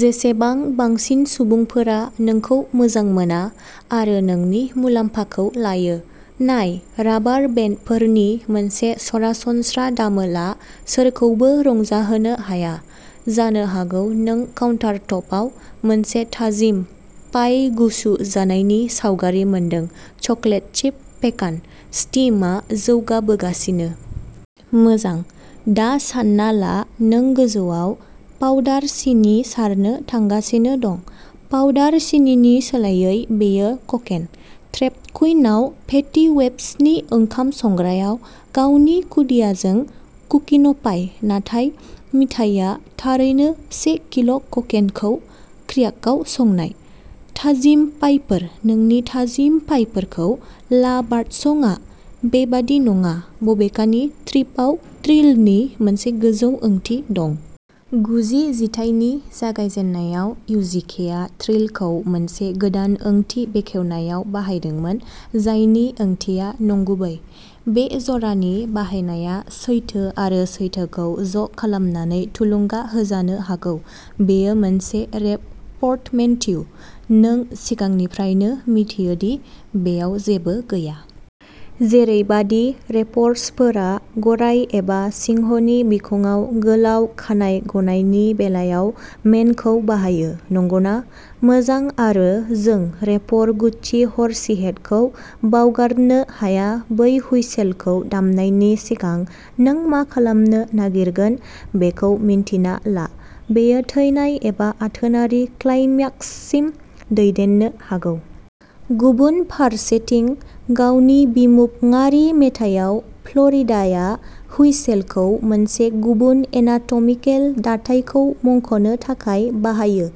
जेसेबां बांसिन सुबुंफोरा नोंखौ मोजां मोना आरो नोंनि मुलाम्फाखौ लायो। नाय राबार बेन्डफोरनि मोनसे सरासनस्रा दामोलआ सोरखौबो रंजाहोनो हाया। जानो हागौ नों काउन्टारटपआव मोनसे थाजिम पाइ गुसु जानायनि सावगारि मोनदों। Chocolate chip pecan. स्टीमआ जौगाबोगासिनो। मोजां दा सानना ला नों गोजौआव पाउडार सिनि सारनो थांगासिनो दं। पाउडार सिनिनि सोलायै बेयो क'केन। ट्रेप कुइनआव फेटी वेप्सनि ओंखाम संग्रायाव गावनि खुदियाजों कुकिन'पाइ नाथाय मिथाइया थारैनो से किल'क'केनखौ क्र्याकआव संनाय। थाजिम पाइफोर नोंनि थाजिम पाइफोरखौ ला बार्डसंआ बेबादि नङा बबेखानि ट्रिपआव ट्रिलनि मोनसे गोजौ ओंथि दं। गुजि जिथाइनि जागायजेन्नायाव इउजिकेआ ट्रिलखौ मोनसे गोदान ओंथि बेखेवनायाव बाहायदोंमोन जायनि ओंथिया नंगुबै। बे जरानि बाहायनाया सैथो आरो सैथोखौ ज' खालामनानै थुलुंगा होजानो हागौ बेयो मोनसे रेप पर्टमेनट्यु नों सिगांनिफ्रायनो मिथियोदि बेयाव जेबो गैया। जेरैबादि रेपर्सफोरा गराय एबा सिंहनि बिखुङाव गोलाव खानाइ गनायनि बेलायाव मेनखौ बाहायो। नंगौना? मोजां आरो जों रेपर गुच्चि हर्सिहेडखौ बावगारनो हाया बै हुइसेलखौ दामनायनि सिगां नों मा खालामनो नागिरगोन बेखौ मिन्थिना ला। बेयो थैनाय एबा आथोनारि क्लाइम्याक्ससिम दैदेननो हागौ। गुबुन फारसेथिं गावनि बिमुपङारि मेथाइयाव फ्ल'रिडाया हुइसेलखौ मोनसे गुबुन एनाटमिकेल दाथायखौ मुंख'नो थाखाय बाहायो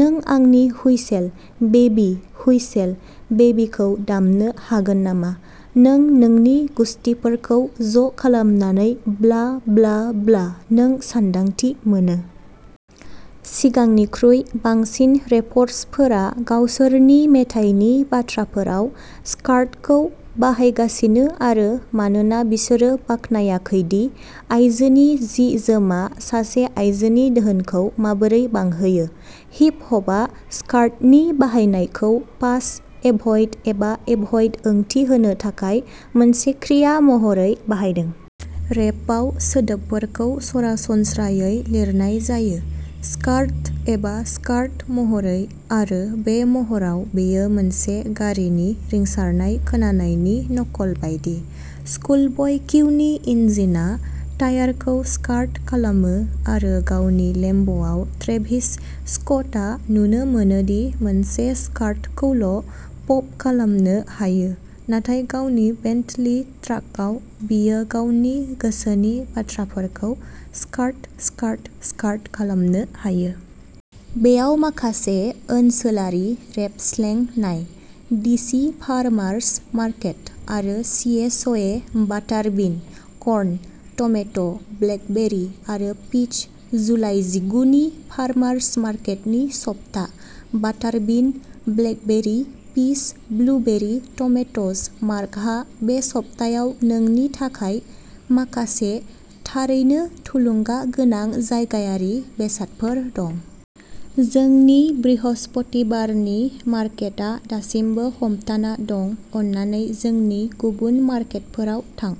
नों आंनि हुइसेल, बेबी, हुइसेल, बेबीखौ दामनो हागोन नामा?नों नोंनि गुसथिफोरखौ ज' खालामनानै ब्ला ब्ला ब्ला नों सानदांथि मोनो। सिगांनिख्रुइ बांसिन रेपर्सफोरा गावसोरनि मेथाइनि बाथ्राफोराव स्कार्टखौ बाहायगासिनो आरो मानोना बिसोरो बाखनायाखैदि आयजोनि जि-जोमआ सासे आयजोनि धोनखौ माबोरै बांहोयो। हिप हपआ स्कार्टनि बाहायनायखौ पास, एभ'इड, एबा एभ'इड ओंथि होनो थाखाय मोनसे क्रिया महरै बाहायदों। रेपआव सोदोबखौ सरासनस्रायै लिरनाय जायो। स्कार्ट एबा स्कार्ट महरै आरो बे महराव बेयो मोनसे गारिनि रिंसारनाय खोनानायनि नकल बायदि। स्कुलब'य किउनि इन्जिनआ टायारखौ स्कार्ट खालामो आरो गावनि लेम्ब आव ट्रेभिस स्क'टआ नुनो मोनोदि मोनसे स्कार्ट खौल'पप खालामनो हायो नाथाय गावनि बेन्टली ट्राकआव बियो गावनि गोसोनि बाथ्राफोरखौ स्कार्ट, स्कार्ट, स्कार्ट खालामनो हायो। बेयाव माखासे ओनसोलारि रेप स्लें नाय डिसि फार्मार्स मार्केट आरो सिएसए-बाटार बिन, कर्न, टमेट', ब्लेकबेरी आरो पीच जुलाइ जिगुनि फार्मार्स मार्केटनि सप्ता-बाटार bean, blackberry, peas, blueberry, tomatoes मार्कहा बे सप्तायाव नोंनि थाखाय माखासे थारैनो थुलुंगा गोनां जायगायारि बेसादफोर दं। जोंनि बृहस्पतिबारनि मार्केटआ दासिमबो हमथाना दं अन्नानै जोंनि गुबुन मार्केटफोराव थां।